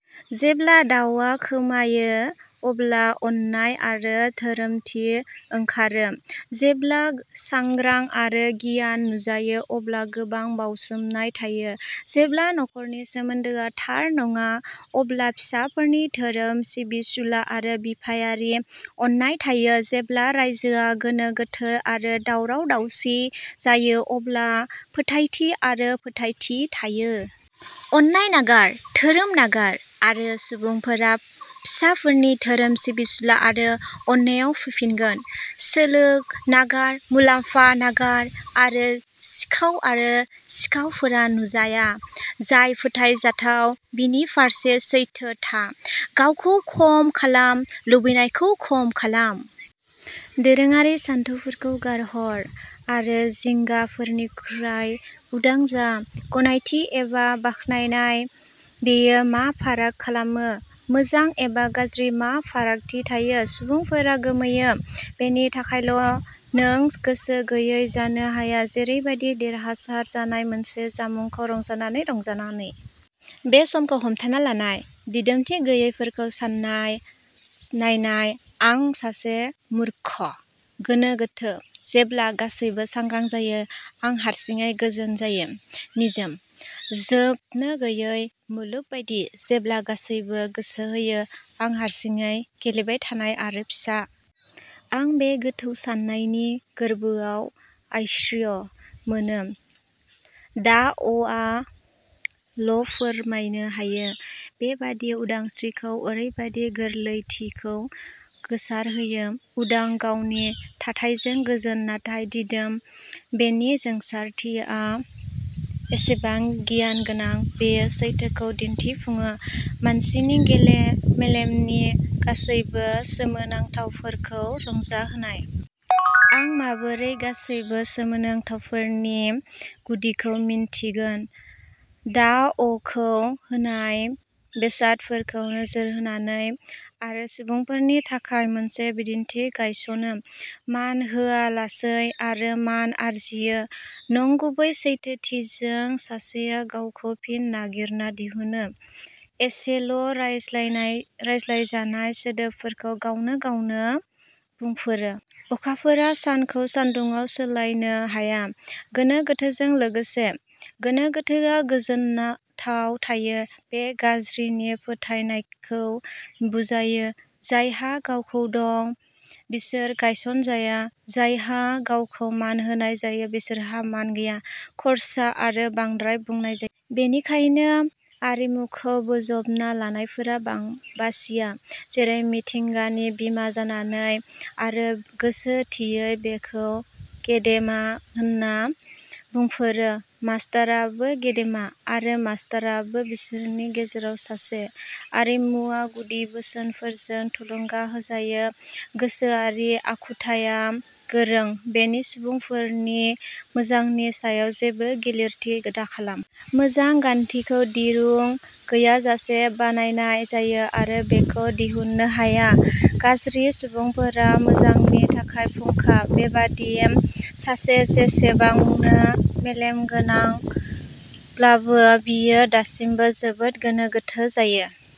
जेब्ला दावआ खोमायो, अब्ला अननाय आरो धोरोमथि ओंखारो। जेब्ला सांग्रा आरो गियान नुजायो, अब्ला गोबां बावसोमनाय थायो। जेब्ला नखरनि सोमोन्दोआ थार नङा, अब्ला फिसाफोरनि धोरोम सिबिसुला आरो बिफायारि अननाय थायो। जेब्ला रायजोआ गोनो गोथो आरो दावराव-दावसि जायो, अब्ला फोथायथि आरो फोथायथि थायो। अननाय नागार, धोरोम नागार; आरो सुबुंफोरा फिसाफोरनि धोरोम सिबिसुला आरो अननायाव फैफिनगोन। सोलो नागार, मुलाम्फा नागार; आरो सिखाव आरो सिखावफोरा नुजाया। जाय फोथायजाथाव, बिनि फारसे सैथो था। गावखौ खम खालाम, लुबैनायखौ खम खालाम। दोरोङारि सानथौफोरखौ गारहर आरो जिंगाफोरनिफ्राय उदां जा। गनायथि एबा बाख्नायनाय, बेयो मा फाराग खालामो? मोजां एबा गाज्रि, मा फारागथि लायो? सुबुंफोरा गोमोयो, बेनि थाखायल'नों गोसो गैयै जानो हाया? जेरैबादि। देरहासार जानाय मोनसे जामुंखौ रंजानानै रंजानानै। बे समखौ हमथाना लानाय! दिदोमथि गैयैफोरखौ सानना नायनाय। आं सासे मूर्ख! गोनो गोथो! जेब्ला गासैबो सांग्रां जायो, आं हारसिङै गोजोन जायो। निजोम! जोबनोगैयै मुलुग बायदि। जेब्ला गासैबो गोसो होयो, आं हारसिङै गेलेबाय थानाय आरो फिसा। आं बे गोथौ साननायनि गोरबोआव आश्रय मोनो। दाअ'आ ल'फोरमायनो हायो। बेबादि उदांस्रिखौ, ओरैबादि गोरलैथिखौ गोसारहोयो। उदां! गावनि थाथायजों गोजोन, नाथाय दिदोम। बेनि जोंसारथिया एसेबां गियानगोनां, बेयो सैथोखौ दिन्थिफुङो। मानसिनि मेलेमनि गासैबो सोमोनांथावफोरखौ रंजाहोनाय। आं माबोरै गासैबो सोमोनांथावफोरनि गुदिखौ मिन्थिगोन? दाअ'खौ होनाय बेसादफोरखौ नोजोर होनानै। आरो सुबुंफोरनि थाखाय मोनसे बिदिन्थि गायसनो। मान होआलासै आरो मान आरजियो। नंगुबै सैथोथिजों, सासेया गावखौ फिन नागिरना दिहुनो। एसेल'रायज्लायजानाय, सोदोबफोरा गावनो गावनो बुंफोरो। अखाफोरआ सानखौ सान्दुंआव सोलायनो हाया। गोनो गोथोजों लोगोसे, गोनो गोथोआ गोजोनथाव जायो। बे गाज्रिनि फोथायनायखौ बुजायो। जायहा गावखौ दं, बिसोर गायसनजाया। जायहा गावखौ मान होनाय जायो, बिसोरहा मान गैया। खर्सा आरो बांद्राय बुंनाय जायो। बेनिखायनो आरिमुखौ बोजबना लानायफोरा बासिया। जेरै मिथिंगानि बिमा जानानै। आरो गोसो थियै बेखौ गेदेमा होन्ना बुंफोरो। मास्ताराबो गेदेमा। आरो मास्ताराबो बिसोरनि गेजेराव सासे। आरिमुआ गुदि बोसोनफोरजों थुलुंगा होजायो। गोसोआरि आखुथाइआ गोरों। बेनि सुबुंफोरनि मोजांनि सायाव जेबो गिलिरथि दाखालाम। मोजां गान्थिखौ दिरुं गैयाजासे बानायनाय जायो आरो बेखौ दिहुननो हाया। गाज्रि सुबुंफोरा मोजांनि थाखाय फुंखा। बेबायदि सासे जेसेबांनो मेलेमगोनांब्लाबो, बियो दासिमबो जोबोद गोनो गोथो जायो।